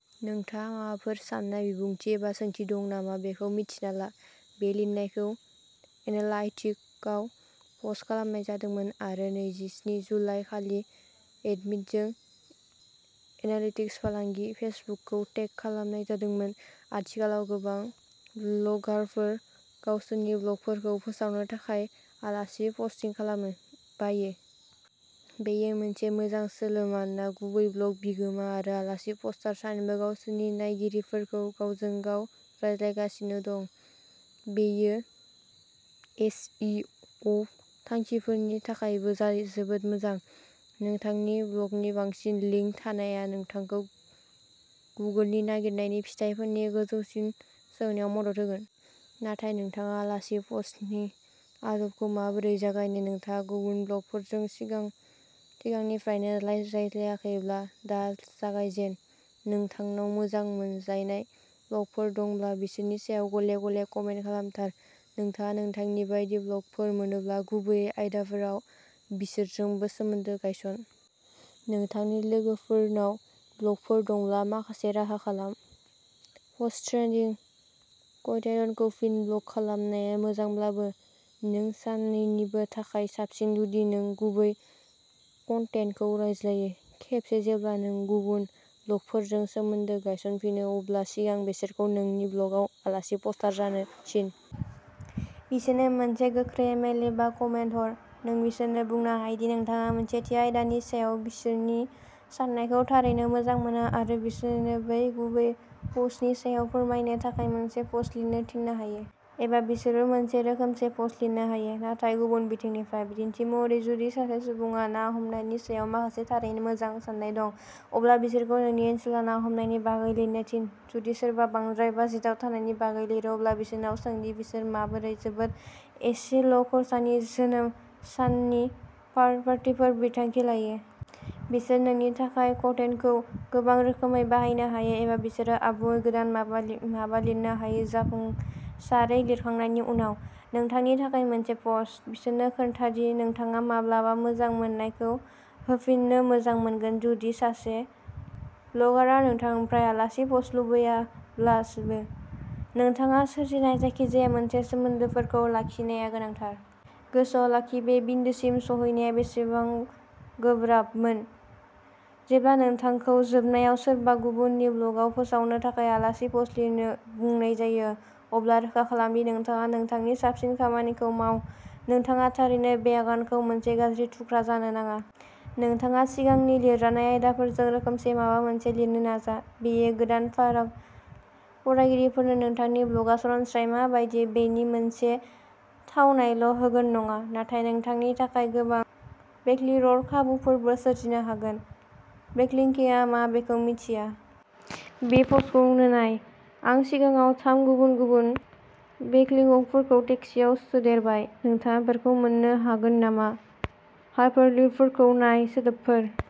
नोंथाङा माबाफोर साननाय, बिबुंथि एबा सोंथि दं नामा बेखौ मिन्थिना ला। बे लिरनायखौ एनालाइटिकआव पस्ट खालामनाय जादोंमोन आरो नैजिस्नि जुलाइ, खालि एडमिनजों एनालिटिक्स, फालांगि, फेसबुकखौ टेग खालामनाय जादोंमोन। आथिखालाव गोबां ब्लगारफोर गावसोरनि ब्लगखौ फोसावनो थाखाय आलासि पस्टिं खालामो बाहायो। बेयो मोनसे मोजां सोलो मानोना गुबै ब्लग बिगोमा आरो आलासि पस्टार सानैबो गावसोरनि नायगिरिफोरखौ गावजों गाव रानलायगासिनो दं। बेयो एस इ अ थांखिफोरनि थाखायबो जोबोद मोजां। नोंथांनि ब्लगनि बांसिन लिंक थानाया नोंथांखौ गुगोलनि नागिरनायनि फिथायफोरनि गोजौसिम सौहैनायाव मदद होगोन। नाथाय नोंथाङा आलासि पस्टनि आदबखौ माबोरै जागायनो नोंथाङा गुबुन ब्लगफोरजों सिगांनिफ्रायनो रायज्लायाखैब्ला, दा जागायजेन। नोंथांनाव मोजां मोनजानाय ब्लगफोर दंब्ला, बिसोरनि सायाव गले-गले कमेन्ट खालामथार। नोंथाङा नोंथांनि बायदि ब्लगफोर मोनोब्ला, गुबैयै आयदाफोराव, बिसोरजोंबो सोमोन्दो गायसन। नोंथांनि लोगोफोरनाव ब्लगफोर दंब्ला, माखासे राहा खालाम। Post trading. कन्टेन्टखौ फिन ब्लग खालामनाया मोजांब्लाबो, नों सानैनिबो थाखाय साबसिन जुदि नों गुबै कन्टेन्टखौ रानलायो। खेबसे जेब्ला नों गुबुन ब्लगारफोरजों सोमोन्दो गायसनफिनो, अब्ला सिगां बिसोरखौ नोंनि ब्लगआव आलासि पस्टार जानो थिन। बिसोरनो मोनसे गोख्रै इमेल एबा कमेन्ट हर। नों बिसोरनो बुंनो हायो दि नोंथाङा मोनसे थि आयदानि सायाव बिसोरनि साननायखौ थारैनो मोजां मोनो आरो बिसोरनो बै गुबै पस्टनि सायाव फोरमायनो थाखाय मोनसे पस्ट लिरनो थिननो हायो। एबा बिसोरबो मोनसे रोखोमसे पस्ट लिरनो हायो, नाथाय गुबुन बिथिंनिफ्राय। बिदिन्थि महरै, जुदि सासे सुबुंहा ना हमनायनि सायाव माखासे थारैनो मोजां सान्नाय दं, अब्ला बिसोरखौ नोंनि ओनसोलाव ना हमनायनि बागै लिरनो थिन। जुदि सोरबा बांद्राय बाजेटाव थानायनि बागै लिरो, अब्ला बिसोरनाव सों दि बिसोरो माबोरै जोबोद एसेल'खरसानि जोनोम साननि पार्टिफोर बिथांखि लायो। बिसोर नोंनि थाखाय कन्टेन्टखौ गोबां रोखोमै बाहायनो हायो एबा बिसोरो आबुङै गोदान माबा लि-माबा लिरनो हायो जाफुंसारै लिरखांनायनि उनाव। नोंथांनि थाखाय मोनसे पस्ट, बिसोरनो खोन्था दि नोंथाङा माब्लाबा मोजां मोननायखौ होफिननो मोजां मोनगोन। जुदि सासे ब्लगारआ नोंथांनिफ्राय आलासि पस्ट लुबैयाब्लाबो, नोंथाङा सोरजिनाय जायखिजाया मोनसे सोमोन्दोफोरखौ लाखिनाया गोनांथार। गोसोआव लाखि बे बिन्दोसिम सौहैनाया बेसेबां गोब्राबमोन? जेब्ला नोंथांखौ जोबनायाव सोरबा गुबुननि ब्लगआव फोसावनो थाखाय आलासि पस्ट लिरनो बुंनाय जायो, अब्ला रोखा खालाम दि नोंथाङा नोंथांनि साबसिन खामानिखौ माव। नोंथाङा थारैनो बे आगानखौ मोनसे गाज्रि थुख्रा जानो नाङा। नोंथाङा सिगांनि लिरजानाय आयदाफोरजों रोखोमसे माबा मोनसे लिरनो नाजा। बेयो गोदान फारा फरायगिरिफोरनो नोंथांनि ब्लगआ सरासनस्रायै मा बायदि बेनि मोनसे थावनायल' होगोन नङा, नाथाय नोंथांनि थाखाय गोबां बेकलिङ्क खाबुफोरबो सोरजिनो हागोन। बेकलिङ्किंआ मा बेखौ मिन्थिया। बे पफौनो नाय। आं सिगाङावनो थाम गुबुन-गुबुन बेकलिङ्कफोरखौ टेक्सटआव सोदेरबाय। नोंथाङा बेफोरखौ मोन्नो हागोन नामा हाइपारलिङ्कफोरखौ नाय सोदोबफोर।